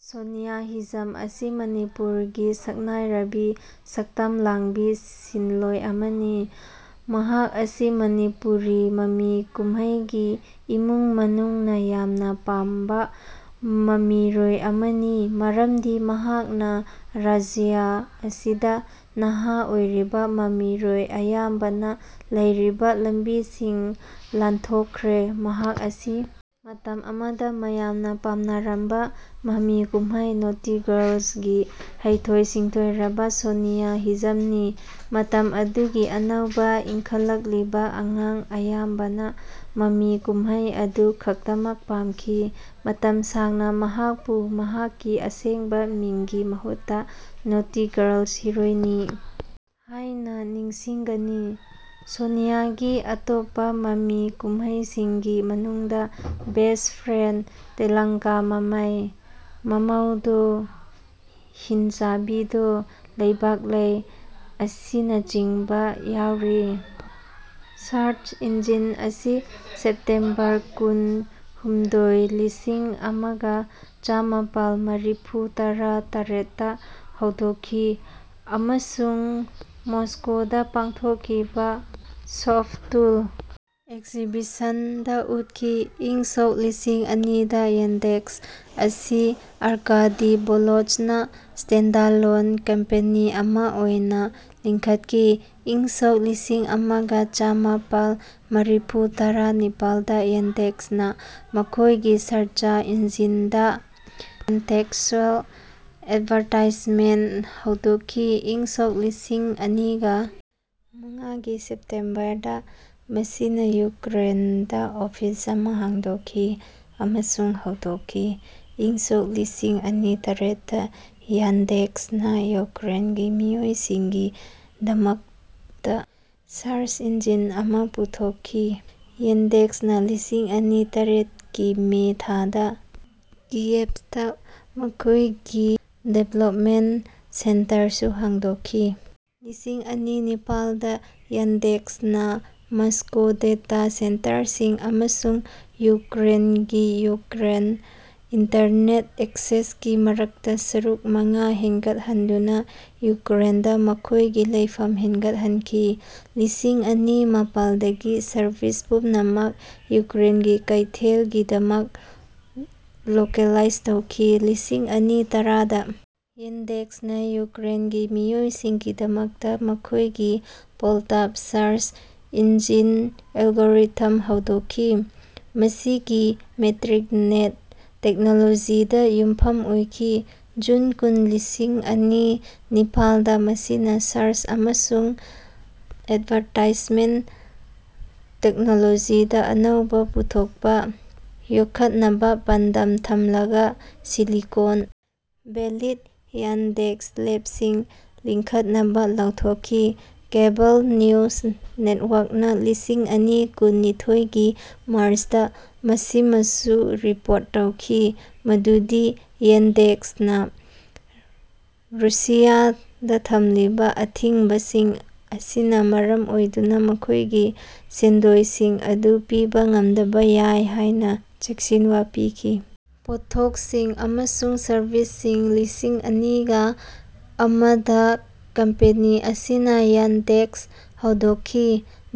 ꯁꯣꯅꯤꯌꯥ ꯍꯤꯖꯝ ꯑꯁꯤ ꯃꯅꯤꯄꯨꯔꯒꯤ ꯁꯛꯅꯥꯢꯔꯕꯤ ꯁꯛꯇꯝ ꯂꯥꯡꯕꯤ ꯁꯤꯟꯂꯣꯢ ꯑꯃꯅꯤ꯫ ꯃꯍꯥꯛ ꯑꯁꯤ ꯃꯅꯤꯄꯨꯔꯤ ꯃꯃꯤ ꯀꯨꯝꯍꯩꯒꯤ ꯏꯃꯨꯡ ꯃꯅꯨꯡꯅ ꯌꯥꯝꯅ ꯄꯥꯝꯕ ꯃꯃꯤꯔꯣꯏ ꯑꯃꯅꯤ ꯃꯔꯝꯗꯤ ꯃꯍꯥꯛꯅ ꯔꯥꯖ꯭ꯌ ꯑꯁꯤꯗ ꯅꯍꯥ ꯑꯣꯏꯔꯤꯕ ꯃꯃꯤꯔꯣꯏ ꯑꯌꯥꯝꯕꯅ ꯂꯩꯔꯤꯕ ꯂꯝꯕꯤꯁꯤꯡ ꯂꯥꯟꯊꯣꯛꯈ꯭ꯔꯦ꯫ ꯃꯍꯥꯛ ꯑꯁꯤ ꯃꯇꯝ ꯑꯃꯗ ꯃꯌꯥꯝꯅ ꯄꯥꯝꯅꯔꯝꯕ ꯃꯃꯤ ꯀꯨꯝꯍꯩ "ꯅꯣꯇꯤ ꯒꯔꯜ꯭ꯁ"ꯒꯤ ꯍꯩꯊꯣꯏ ꯁꯤꯡꯊꯣꯏꯔꯕ ꯁꯣꯅꯤꯌꯥ ꯍꯤꯖꯝꯅꯤ꯫ ꯃꯇꯝ ꯑꯗꯨꯒꯤ ꯑꯅꯧꯕ ꯏꯟꯈꯠꯂꯛꯂꯤꯕ ꯑꯉꯥꯡ ꯑꯌꯥꯝꯕꯅ ꯃꯃꯤ ꯀꯨꯝꯍꯩ ꯑꯗꯨ ꯈꯛꯇꯃꯛ ꯄꯥꯝꯈꯤ꯫ ꯃꯇꯝ ꯁꯥꯡꯅ ꯃꯍꯥꯛꯄꯨ ꯃꯍꯥꯛꯀꯤ ꯑꯁꯦꯡꯕ ꯃꯤꯡꯒꯤ ꯃꯍꯨꯠꯇ "ꯅꯣꯇꯤ ꯒꯔꯜꯁ ꯍꯤꯔꯣꯏꯅꯤ" ꯍꯥꯏꯅ ꯅꯤꯡꯁꯤꯡꯒꯅꯤ꯫ ꯁꯣꯅꯤꯌꯥꯒꯤ ꯑꯇꯣꯞꯄ ꯃꯃꯤ ꯀꯨꯝꯍꯩꯁꯤꯡꯒꯤ ꯃꯅꯨꯡꯗ ꯕꯦꯁ꯭ꯠ ꯐ꯭ꯔꯦꯟꯗ, ꯇꯦꯂꯪꯀꯥ ꯃꯃꯩ, ꯃꯃꯧꯗꯣ ꯍꯤꯟꯆꯥꯕꯤꯗꯣ, ꯂꯩꯕꯥꯛꯂꯩ ꯑꯁꯤꯅꯆꯤꯡꯕ ꯌꯥꯎꯔꯤ꯫ ꯁꯔꯆ ꯏꯟꯖꯤꯟ ꯑꯁꯤ ꯁꯦꯞꯇꯦꯝꯕꯔ ꯀꯨꯟ - ꯍꯨꯝꯗꯣꯏ, ꯂꯤꯁꯤꯡ ꯑꯃꯒ ꯆꯃꯥꯄꯜ ꯃꯔꯤꯐꯨꯇꯔꯥ ꯇꯔꯦꯠꯇ ꯍꯧꯗꯣꯛꯈꯤ, ꯑꯃꯁꯨꯡ ꯃꯣꯁꯀꯣꯗ ꯄꯥꯡꯊꯣꯛꯈꯤꯕ ꯁꯣꯐꯇꯨꯜ ꯑꯦꯛꯖꯤꯕꯤꯁꯟꯗ ꯎꯠꯈꯤ꯫ ꯏꯪ ꯁꯣꯛ ꯂꯤꯁꯤꯡ ꯑꯅꯤꯗ ꯌꯥꯟꯗꯦꯛꯁ ꯑꯁꯤ ꯑꯔꯀꯥꯗꯤ ꯚꯣꯂꯣꯖꯅ ꯁ꯭ꯇꯦꯟꯗꯂꯣꯟ ꯀꯝꯄꯦꯅꯤ ꯑꯃ ꯑꯣꯏꯅ ꯂꯤꯡꯈꯠꯈꯤ꯫ ꯏꯪ ꯁꯣꯛ ꯂꯤꯁꯤꯡ ꯑꯃꯒ ꯆꯃꯥꯄꯜ ꯃꯔꯤꯐꯨꯇꯔꯥ ꯅꯤꯄꯥꯜꯗ ꯌꯥꯟꯗꯦꯛꯁꯅ ꯃꯈꯣꯏꯒꯤ ꯁꯔꯆ ꯏꯟꯖꯤꯟꯗ ꯀꯟꯇꯦꯛꯁꯆꯨꯑꯦꯜ ꯑꯦꯗꯚꯔꯇꯥꯏꯖꯃꯦꯟꯠ ꯍꯧꯗꯣꯛꯈꯤ꯫ ꯏꯪ ꯁꯣꯛ ꯂꯤꯁꯤꯡ ꯑꯅꯤꯒ ꯃꯉꯥꯒꯤ ꯁꯦꯞꯇꯦꯝꯕꯔꯗ ꯃꯁꯤꯅ ꯌꯨꯀ꯭ꯔꯦꯟꯗ ꯑꯣꯐꯤꯁ ꯑꯃ ꯍꯥꯡꯗꯣꯛꯈꯤ ꯑꯃꯁꯨꯡ ꯍꯧꯗꯣꯛꯈꯤ꯫ ꯏꯪ ꯁꯣꯛ ꯂꯤꯁꯤꯡ ꯑꯅꯤ ꯇꯔꯦꯠꯇ ꯌꯥꯟꯗꯦꯛꯁꯅ ꯌꯨꯀ꯭ꯔꯦꯟꯒꯤ ꯃꯤꯑꯣꯏꯁꯤꯡꯒꯤ ꯗꯃꯛꯇ ꯁꯔꯆ ꯏꯟꯖꯤꯟ ꯑꯃ ꯄꯨꯊꯣꯛꯈꯤ꯫ ꯌꯥꯟꯗꯦꯛꯁꯅ ꯂꯤꯁꯤꯡ ꯑꯅꯤ ꯇꯔꯦꯠꯀꯤ ꯃꯦ ꯊꯥꯗ ꯀꯤꯌꯤꯚꯇ ꯃꯈꯣꯏꯒꯤ ꯗꯤꯕ꯭ꯂꯞꯃꯦꯟꯠ ꯁꯦꯟꯇꯔꯁꯨ ꯍꯥꯡꯗꯣꯛꯈꯤ꯫ ꯂꯤꯁꯤꯡ ꯑꯅꯤ ꯅꯤꯄꯥꯜꯗ ꯌꯥꯟꯗꯦꯛꯁꯅ ꯃꯁ꯭ꯀꯣ ꯗꯦꯇꯥ ꯁꯦꯟꯇꯔꯁꯤꯡ ꯑꯃꯁꯨꯡ ꯌꯨꯀ꯭ꯔꯦꯟꯒꯤ ꯌꯨꯀ꯭ꯔꯦꯟ ꯏꯟꯇꯔꯅꯦꯠ ꯑꯦꯛꯆꯦꯟꯖ ꯀꯤ ꯃꯔꯛꯇ ꯁꯔꯨꯛ ꯃꯉꯥ ꯍꯦꯟꯒꯠꯍꯟꯗꯨꯅ ꯌꯨꯀ꯭ꯔꯦꯟꯗ ꯃꯈꯣꯏꯒꯤ ꯂꯩꯐꯝ ꯍꯦꯟꯒꯠꯍꯟꯈꯤ꯫ ꯂꯤꯁꯤꯡ ꯑꯅꯤ ꯃꯥꯄꯜꯗꯒꯤ ꯁꯔꯚꯤꯁ ꯄꯨꯝꯅꯃꯛ ꯌꯨꯀ꯭ꯔꯦꯟꯒꯤ ꯀꯩꯊꯦꯜꯒꯤꯗꯃꯛ ꯂꯣꯀꯦꯂꯥꯏꯖ ꯇꯧꯈꯤ꯫ ꯂꯤꯁꯤꯡ ꯑꯅꯤ ꯇꯔꯥꯗ ꯌꯥꯟꯗꯦꯛꯁꯅ ꯌꯨꯀ꯭ꯔꯦꯟꯒꯤ ꯃꯤꯑꯣꯏꯁꯤꯡꯒꯤꯗꯃꯛꯇ ꯃꯈꯣꯏꯒꯤ " ꯄꯣꯜꯇꯥꯚꯥ " ꯁꯔꯆ ꯏꯟꯖꯤꯟ ꯑꯦꯜꯒꯣꯔꯤꯊꯝ ꯍꯧꯗꯣꯛꯈꯤ꯫ ꯃꯁꯤꯒꯤ ꯃꯦꯇ꯭ꯔꯤꯛ ꯅꯦꯠ ꯇꯦꯛꯅꯣꯂꯣꯖꯤꯗ ꯌꯨꯝꯐꯝ ꯑꯣꯏꯈꯤ꯫ ꯖꯨꯟ ꯀꯨꯟ, ꯂꯤꯁꯤꯡ ꯑꯅꯤ ꯅꯤꯄꯥꯥꯜꯗ ꯃꯁꯤꯅ "ꯁꯔꯆ ꯑꯃꯁꯨꯡ ꯑꯦꯗꯚꯔꯇꯥꯏꯖꯃꯦꯟꯠ ꯇꯦꯛꯅꯣꯂꯣꯖꯤꯗ ꯑꯅꯧꯕ ꯄꯨꯊꯣꯛꯄ" ꯌꯣꯛꯈꯠꯅꯕ ꯄꯥꯟꯗꯝ ꯊꯝꯂꯒ ꯁꯤꯂꯤꯀꯣꯟ ꯚꯦꯂꯤꯗ ꯌꯥꯟꯗꯦꯛꯁ ꯂꯦꯕꯁꯤꯡ ꯂꯤꯡꯈꯠꯅꯕ ꯂꯥꯎꯊꯣꯛꯈꯤ꯫ ꯀꯦꯕꯜ ꯅ꯭ꯌꯨꯁ ꯅꯦꯠꯋ꯭ꯔꯛꯅ ꯂꯤꯁꯤꯡ ꯑꯅꯤ ꯀꯨꯟ ꯅꯤꯊꯣꯢꯒꯤ ꯃꯥꯔꯆꯇ ꯃꯁꯤꯃꯁꯨ ꯔꯤꯄꯣꯔꯠ ꯇꯧꯈꯤ ꯃꯗꯨꯗꯤ ꯌꯥꯟꯗꯦꯛꯁꯅ ꯔꯨꯁꯤꯌꯥꯗ ꯊꯝꯂꯤꯕ ꯑꯊꯤꯡꯕꯁꯤꯡ ꯑꯁꯤꯅ ꯃꯔꯝ ꯑꯣꯏꯗꯨꯅ ꯃꯈꯣꯏꯒꯤ ꯁꯦꯟꯗꯣꯏꯁꯤꯡ ꯑꯗꯨ ꯄꯤꯕ ꯉꯝꯗꯕ ꯌꯥꯏ ꯍꯥꯏꯅ ꯆꯦꯛꯁꯤꯟꯋꯥ ꯄꯤꯈꯤ꯫ ꯄꯣꯠꯊꯣꯛꯁꯤꯡ ꯑꯃꯁꯨꯡ ꯁꯔꯕꯤꯁꯁꯤꯡ ꯂꯤꯁꯤꯡ ꯑꯅꯤꯒ ꯑꯃꯗ ꯀꯝꯄꯦꯅꯤ ꯑꯁꯤꯅ ꯌꯥꯟꯗꯦꯛꯁ ꯍꯧꯗꯣꯛꯈꯤ꯫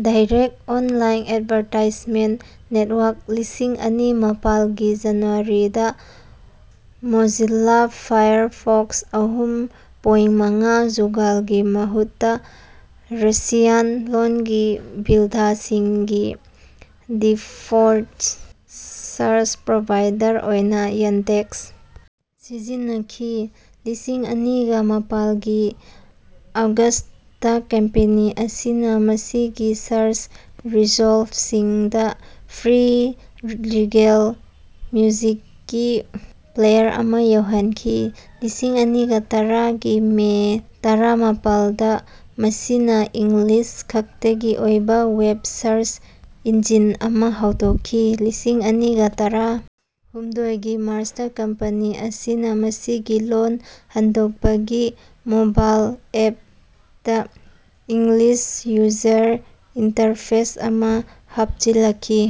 ꯗꯥꯏꯔꯦꯛꯠ ꯑꯣꯟꯂꯥꯏꯟ ꯑꯦꯗꯚꯔꯇꯥꯏꯖꯃꯦꯟꯠ ꯅꯦꯠꯋ꯭ꯔꯛ ꯂꯤꯁꯤꯡ ꯑꯅꯤ ꯃꯥꯄꯜꯒꯤ ꯖꯅꯨꯋꯥꯔꯤꯗ ꯃꯣꯖꯤꯂꯥ ꯐꯥꯏꯔꯐꯣꯛꯁ ꯑꯍꯨꯝ ꯄꯣꯏꯟꯠ ꯃꯉꯥ, ꯒꯨꯒꯜꯒꯤ ꯃꯍꯨꯠꯇ ꯔꯁꯤꯌꯥꯟ ꯂꯣꯟꯒꯤ ꯕꯤꯜꯗꯁꯤꯡꯒꯤ ꯗꯤꯐꯣꯜꯠ ꯁꯔꯆ ꯄ꯭ꯔꯣꯚꯥꯏꯗꯔ ꯑꯣꯏꯅ ꯌꯥꯟꯗꯦꯛꯁ ꯁꯤꯖꯤꯟꯅꯈꯤ꯫ ꯂꯤꯁꯤꯡ ꯑꯅꯤꯒ ꯃꯥꯄꯜꯒꯤ ꯑꯒꯁꯇ ꯀꯝꯄꯦꯅꯤ ꯑꯁꯤꯅ ꯃꯁꯤꯒꯤ ꯁꯔꯆ ꯔꯤꯖꯜꯠꯁꯤꯡꯗ ꯐ꯭ꯔꯤ ꯂꯤꯒꯦꯜ ꯃ꯭ꯌꯨꯖꯤꯛꯀꯤ ꯄ꯭ꯂꯦꯌꯔ ꯑꯃ ꯌꯥꯎꯍꯟꯈꯤ꯫ ꯂꯤꯁꯤꯡ ꯑꯅꯤꯒ ꯇꯔꯥꯒꯤ ꯃꯦ ꯇꯔꯥꯃꯥꯄꯜꯗ ꯃꯁꯤꯅ ꯏꯪꯂꯤꯁ ꯈꯛꯇꯒꯤ ꯑꯣꯏꯕ ꯋꯦꯕ ꯁꯔꯆ ꯏꯟꯖꯤꯟ ꯑꯃ ꯍꯧꯗꯣꯛꯈꯤ꯫ ꯂꯤꯁꯤꯡ ꯑꯅꯤꯒ ꯇꯔꯥ ꯍꯨꯝꯗꯣꯏꯒꯤ ꯃꯥꯔꯆꯇ ꯀꯝꯄꯦꯅꯤ ꯑꯁꯤꯅ ꯃꯁꯤꯒꯤ ꯂꯣꯟ ꯍꯟꯗꯣꯛꯄꯒꯤ ꯃꯣꯕꯥꯏꯜ ꯑꯦꯞꯇ ꯏꯪꯂꯤꯁ ꯌꯨꯖꯔ ꯏꯟꯇꯔꯐꯦꯁ ꯑꯃ ꯍꯥꯞꯆꯤꯜꯂꯛꯈꯤ꯫